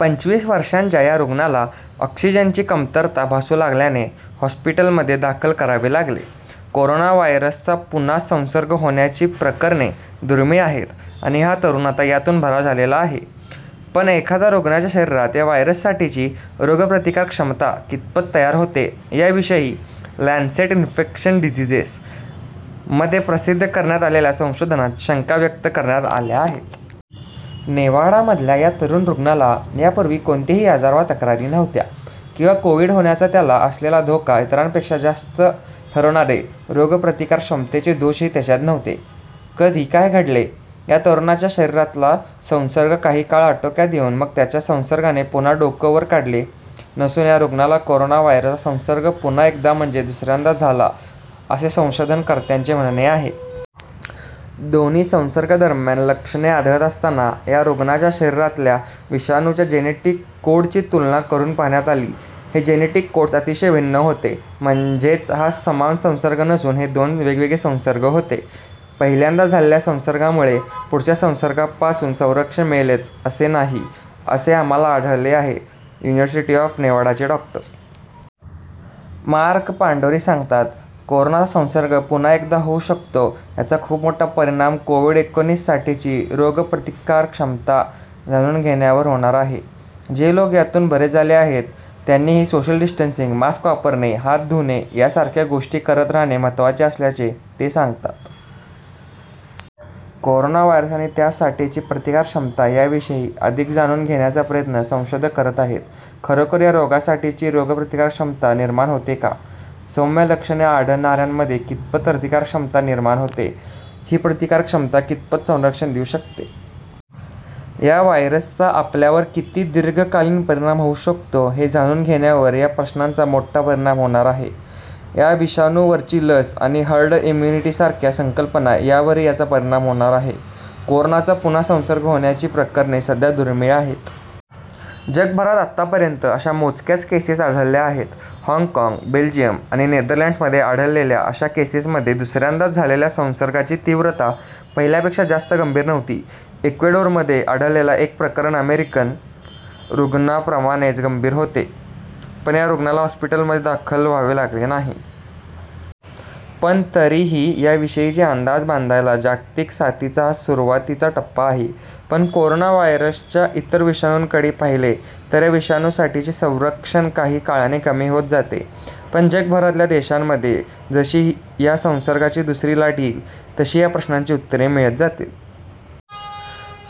पंचवीस वर्षांच्या या रुग्णाला ऑक्सिजनची कमतरता भासू लागल्याने हॉस्पिटलमध्ये दाखल करावे लागले. कोरोना व्हायरसचा पुन्हा संसर्ग होण्याची प्रकरणे दुर्मिळ आहेत आणि हा तरुण आता यातून बरा झालेला आहे. पण एखाद्या रुग्णाच्या शरीरात या व्हायरससाठीची रोगप्रतिकारक्षमता कितपत तयार होते, याविषयी 'लॅन्सेट इन्फेक्शस डिसीजेस'मध्ये प्रसिद्ध करण्यात आलेल्या संशोधनात शंका व्यक्त करण्यात आल्या आहेत. नेव्हाडामधल्या या तरुण रुग्णाला यापूर्वी कोणतेही आजार वा तक्रारी नव्हत्या. किंवा कोव्हिड होण्याचा त्याला असलेला धोका इतरांपेक्षा जास्त ठरवणारे रोगप्रतिकारक्षमतेचे दोषही त्याच्यात नव्हते. कधी, काय घडले? या तरुणाच्या शरीरातला संसर्ग काही काळ आटोक्यात येऊन मग त्याच संसर्गाने पुन्हा डोकं वर काढले नसून या रुग्णाला कोरोना व्हायरसचा संसर्ग पुन्हा एकदा म्हणजे दुसऱ्यांदा झाला असे संशोधनकर्त्यांचे म्हणणे आहे. दोन्ही संसर्गांदरम्यान लक्षणे आढळत असताना, या रुग्णाच्या शरीरातल्या विषाणूच्या जेनेटिक कोडची तुलना करून पाहण्यात आली. हे जेनेटिक कोड्स अतिशय भिन्न होते. म्हणजेच हा समान संसर्ग नसून हे दोन वेगवेगळे संसर्ग होते. "पहिल्यांदा झालेल्या संसर्गामुळे पुढच्या संसर्गांपासून संरक्षण मिळेलच असे नाही, असे आम्हाला आढळले आहे," युनिव्हर्सिटी ऑफ नेव्हाडाचे डॉ. मार्क पांडोरी सांगतात. "कोरोनाचा संसर्ग पुन्हा एकदा होऊ शकतो याचा खूप मोठा परिणाम कोव्हिड-एकोणीससाठीची रोगप्रतिकारक्षमता जाणून घेण्यावर होणार आहे." जे लोक यातून बरे झाले आहेत त्यांनीही सोशल डिस्टन्सिंग, मास्क वापरणे, हात धुणे यासारख्या गोष्टी करत राहणे महत्त्वाचे असल्याचे ते सांगतात. कोरोना व्हायरस आणि त्यासाठीची प्रतिकारक्षमता याविषयी अधिक जाणून घेण्याचा प्रयत्न संशोधक करत आहेत. खरोखर या रोगासाठीची रोगप्रतिकारक्षमता निर्माण होते का? सौम्य लक्षणे आढळणाऱ्यांमध्ये कितपत प्रतिकारक्षमता निर्माण होते? ही प्रतिकारक्षमता कितपत संरक्षण देऊ शकते? या व्हायरसचा आपल्यावर किती दीर्घकालीन परिणाम होऊ शकतो हे जाणून घेण्यावर या प्रश्नांचा मोठा परिणाम होणार आहे. या विषाणूवरची लस आणि हर्ड इम्युनिटीसारख्या संकल्पना यावरही याचा परिणाम होणार आहे. कोरोनाचा पुन्हा संसर्ग होण्याची प्रकरणे सध्या दुर्मिळ आहेत. जगभरात आतापर्यंत अशा मोजक्याच केसेस आढळल्या आहेत. हाँगकाँग, बेल्जियम आणि नेदरलँड्समध्ये आढळलेल्या अशा केसेसमध्ये दुसऱ्यांदा झालेल्या संसर्गाची तीव्रता पहिल्यापेक्षा जास्त गंभीर नव्हती. इक्वेडोरमध्ये आढळलेले एक प्रकरण अमेरिकन रुग्णाप्रमाणेच गंभीर होते, पण या रुग्णाला हॉस्पिटलमध्ये दाखल व्हावे लागले नाही. पण तरीही याविषयीचा अंदाज बांधायला जागतिक साथीचा हा सुरुवातीचा टप्पा आहे. पण कोरोना व्हायरसच्या इतर विषाणूंकडे पाहिले तर या विषाणूसाठीचे संरक्षण काही काळाने कमी होत जाते. पण जगभरातल्या देशांमध्ये जशी या संसर्गाची दुसरी लाट येईल, तशी या प्रश्नांची उत्तरे मिळत जातील.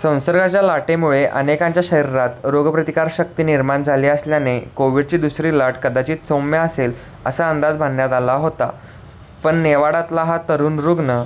संसर्गाच्या लाटेमुळे अनेकांच्या शरीरात रोगप्रतिकारशक्ती निर्माण झाली असल्याने कोव्हिडची दुसरी लाट कदाचित सौम्य असेल असा अंदाज बांधण्यात आला होता. पण नेव्हाडातला हा तरुण रुग्ण